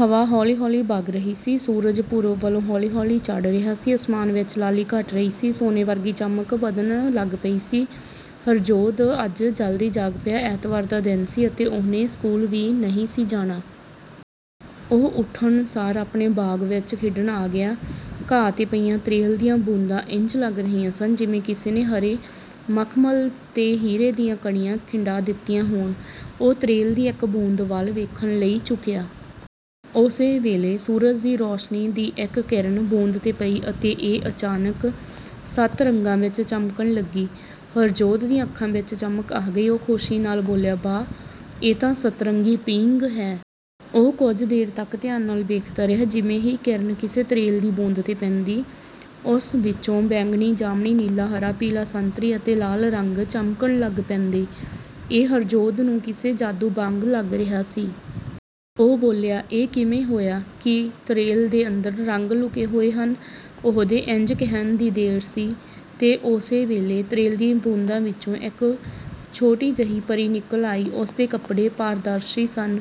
ਹਵਾ ਹੌਲੀ ਹੌਲੀ ਵਗ ਰਹੀ ਸੀ। ਸੂਰਜ ਪੂਰਬ ਵੱਲੋਂ ਹੌਲੀ-ਹੌਲੀ ਚੜ੍ਹ ਰਿਹਾ ਸੀ। ਅਸਮਾਨ ਵਿੱਚ ਲਾਲੀ ਘਟ ਰਹੀ ਸੀ, ਸੋਨੇ ਵਰਗੀ ਚਮਕ ਵੱਧਣ ਲੱਗ ਪਈ ਸੀ। ਹਰਜੋਧ ਅੱਜ ਜਲਦੀ ਜਾਗ ਪਿਆ। ਐਤਵਾਰ ਦਾ ਦਿਨ ਸੀ ਅਤੇ ਉਹਨੇ ਸਕੂਲ ਵੀ ਨਹੀਂ ਸੀ ਜਾਣਾ। ਉਹ ਉੱਠਣਸਾਰ ਆਪਣੇ ਬਾਗ਼ ਵਿੱਚ ਖੇਡਣ ਆ ਗਿਆ। ਘਾਹ 'ਤੇ ਪਈਆਂ ਤ੍ਰੇਲ ਦੀਆਂ ਬੂੰਦਾਂ ਇੰਞ ਲੱਗ ਰਹੀਆਂ ਸਨ, ਜਿਵੇਂ ਕਿਸੇ ਨੇ ਹਰੇ ਮਖਮਲ 'ਤੇ ਹੀਰੇ ਦੀਆਂ ਕਣੀਆਂ ਖਿੰਡਾ ਦਿੱਤੀਆਂ ਹੋਣ। ਉਹ ਤ੍ਰੇਲ ਦੀ ਇੱਕ ਬੂੰਦ ਵੱਲ ਵੇਖਣ ਲਈ ਝੁਕਿਆ। ਉਸੇ ਵੇਲੇ, ਸੂਰਜ ਦੀ ਰੌਸ਼ਨੀ ਦੀ ਇੱਕ ਕਿਰਨ ਬੂੰਦ 'ਤੇ ਪਈ ਅਤੇ ਇਹ ਅਚਾਨਕ ਸੱਤ ਰੰਗਾਂ ਵਿੱਚ ਚਮਕਣ ਲੱਗੀ। ਹਰਜੋਧ ਦੀਆਂ ਅੱਖਾਂ ਵਿੱਚ ਚਮਕ ਆ ਗਈ। ਉਹ ਖੁਸ਼ੀ ਨਾਲ ਬੋਲਿਆ "ਵਾਹ! ਇਹ ਤਾਂ ਸਤਰੰਗੀ ਪੀਂਘ ਹੈ।" ਉਹ ਕੁਝ ਦੇਰ ਤੱਕ ਧਿਆਨ ਨਾਲ ਵੇਖਦਾ ਰਿਹਾ। ਜਿਵੇਂ ਹੀ ਕਿਰਨ ਕਿਸੇ ਤ੍ਰੇਲ ਦੀ ਬੂੰਦ 'ਤੇ ਪੈਂਦੀ, ਉਸ ਵਿੱਚੋਂ ਬੈਂਗਣੀ, ਜਾਮਨੀ, ਨੀਲਾ, ਹਰਾ, ਪੀਲਾ, ਸੰਤਰੀ ਅਤੇ ਲਾਲ ਰੰਗ ਚਮਕਣ ਲੱਗ ਪੈਂਦੇ। ਇਹ ਹਰਜੋਧ ਨੂੰ ਕਿਸੇ ਜਾਦੂ ਵਾਂਗ ਲੱਗ ਰਿਹਾ ਸੀ। ਉਹ ਬੋਲਿਆ, "ਇਹ ਕਿਵੇਂ ਹੋਇਆ, ਕੀ ਤ੍ਰੇਲ ਦੇ ਅੰਦਰ ਰੰਗ ਲੁਕੇ ਹੋਏ ਹਨ?" ਉਹਦੇ ਇੰਞ ਕਹਿਣ ਦੀ ਦੇਰ ਸੀ ਤੇ ਉਸੇ ਵੇਲੇ ਤ੍ਰੇਲ ਦੀਆਂ ਬੂੰਦਾਂ ਵਿੱਚੋਂ ਇੱਕ ਛੋਟੀ ਜਿਹੀ ਪਰੀ ਨਿਕਲ ਆਈ। ਉਸਦੇ ਕੱਪੜੇ ਪਾਰਦਰਸ਼ੀ ਸਨ,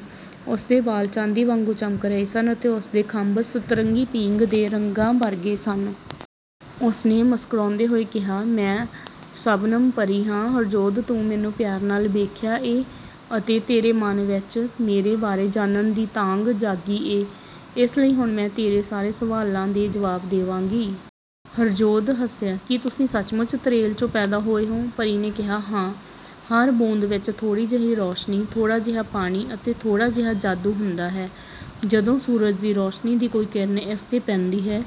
ਉਸਦੇ ਵਾਲ ਚਾਂਦੀ ਵਾਂਗੂੰ ਚਮਕ ਰਹੇ ਸਨ, ਅਤੇ ਉਸਦੇ ਖੰਭ ਸਤਰੰਗੀ ਪੀਂਘ ਦੇ ਰੰਗਾਂ ਵਰਗੇ ਸਨ। ਉਸਨੇ ਮੁਸਕਰਾਉਂਦੇ ਹੋਏ ਕਿਹਾ, "ਮੈਂ ਸ਼ਬਨਮ ਪਰੀ ਹਾਂ। ਹਰਜੋਧ ਤੂੰ ਮੈਨੂੰ ਪਿਆਰ ਨਾਲ ਵੇਖਿਆ ਏ ਅਤੇ ਤੇਰੇ ਮਨ ਵਿੱਚ ਮੇਰੇ ਬਾਰੇ ਜਾਨਣ ਦੀ ਤਾਂਘ ਜਾਗੀ ਏ, ਇਸ ਲਈ ਹੁਣ ਮੈਂ ਤੇਰੇ ਸਾਰੇ ਸਵਾਲਾਂ ਦੇ ਜਵਾਬ ਦੇਵਾਂਗੀ।" ਹਰਜੋਧ ਹੱਸਿਆ, "ਕੀ ਤੁਸੀਂ ਸੱਚਮੁੱਚ ਤ੍ਰੇਲ 'ਚੋਂ ਪੈਦਾ ਹੋਏ ਹੋ?" ਪਰੀ ਨੇ ਕਿਹਾ, "ਹਾਂ, ਹਰ ਬੂੰਦ ਵਿੱਚ ਥੋੜ੍ਹੀ ਜਿਹੀ ਰੌਸ਼ਨੀ, ਥੋੜ੍ਹਾ ਜਿਹਾ ਪਾਣੀ ਅਤੇ ਥੋੜ੍ਹਾ ਜਿਹਾ ਜਾਦੂ ਹੁੰਦਾ ਹੈ। ਜਦੋਂ ਸੂਰਜ ਦੀ ਰੌਸ਼ਨੀ ਦੀ ਕੋਈ ਕਿਰਨ ਇਸ 'ਤੇ ਪੈਂਦੀ ਹੈ,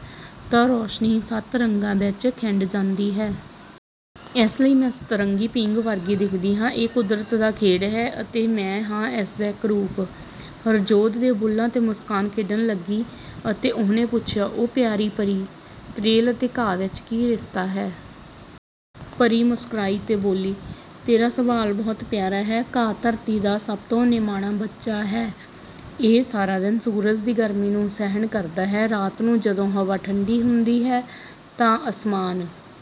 ਤਾਂ ਰੌਸ਼ਨੀ ਸੱਤ ਰੰਗਾਂ ਵਿੱਚ ਖਿੰਡ ਜਾਂਦੀ ਹੈ। ਇਸ ਲਈ ਮੈਂ ਸਤਰੰਗੀ ਪੀਂਘ ਵਰਗੀ ਦਿਖਦੀ ਹਾਂ ਇਹ ਕੁਦਰਤ ਦਾ ਖੇਡ ਹੈ, ਅਤੇ ਮੈਂ ਹਾਂ ਇਸਦਾ ਇੱਕ ਰੂਪ।" ਹਰਜੋਧ ਦੇ ਬੁੱਲ੍ਹਾਂ 'ਤੇ ਮੁਸਕਾਨ ਖੇਡਣ ਲੱਗੀ, ਅਤੇ ਉਹਨੇ ਪੁੱਛਿਆ, "ਓ, ਪਿਆਰੀ ਪਰੀ, ਤ੍ਰੇਲ ਅਤੇ ਘਾਹ ਵਿੱਚ ਕੀ ਰਿਸ਼ਤਾ ਹੈ?" ਪਰੀ ਮੁਸਕਰਾਈ ਤੇ ਬੋਲੀ, "ਤੇਰਾ ਸਵਾਲ ਬਹੁਤ ਪਿਆਰਾ ਹੈ। ਘਾਹ ਧਰਤੀ ਦਾ ਸਭ ਤੋਂ ਨਿਮਾਣਾ ਬੱਚਾ ਹੈ। ਇਹ ਸਾਰਾ ਦਿਨ ਸੂਰਜ ਦੀ ਗਰਮੀ ਨੂੰ ਸਹਿਣ ਕਰਦਾ ਹੈ, ਰਾਤ ਨੂੰ, ਜਦੋਂ ਹਵਾ ਠੰਢੀ ਹੁੰਦੀ ਹੈ ਤਾਂ ਅਸਮਾਨ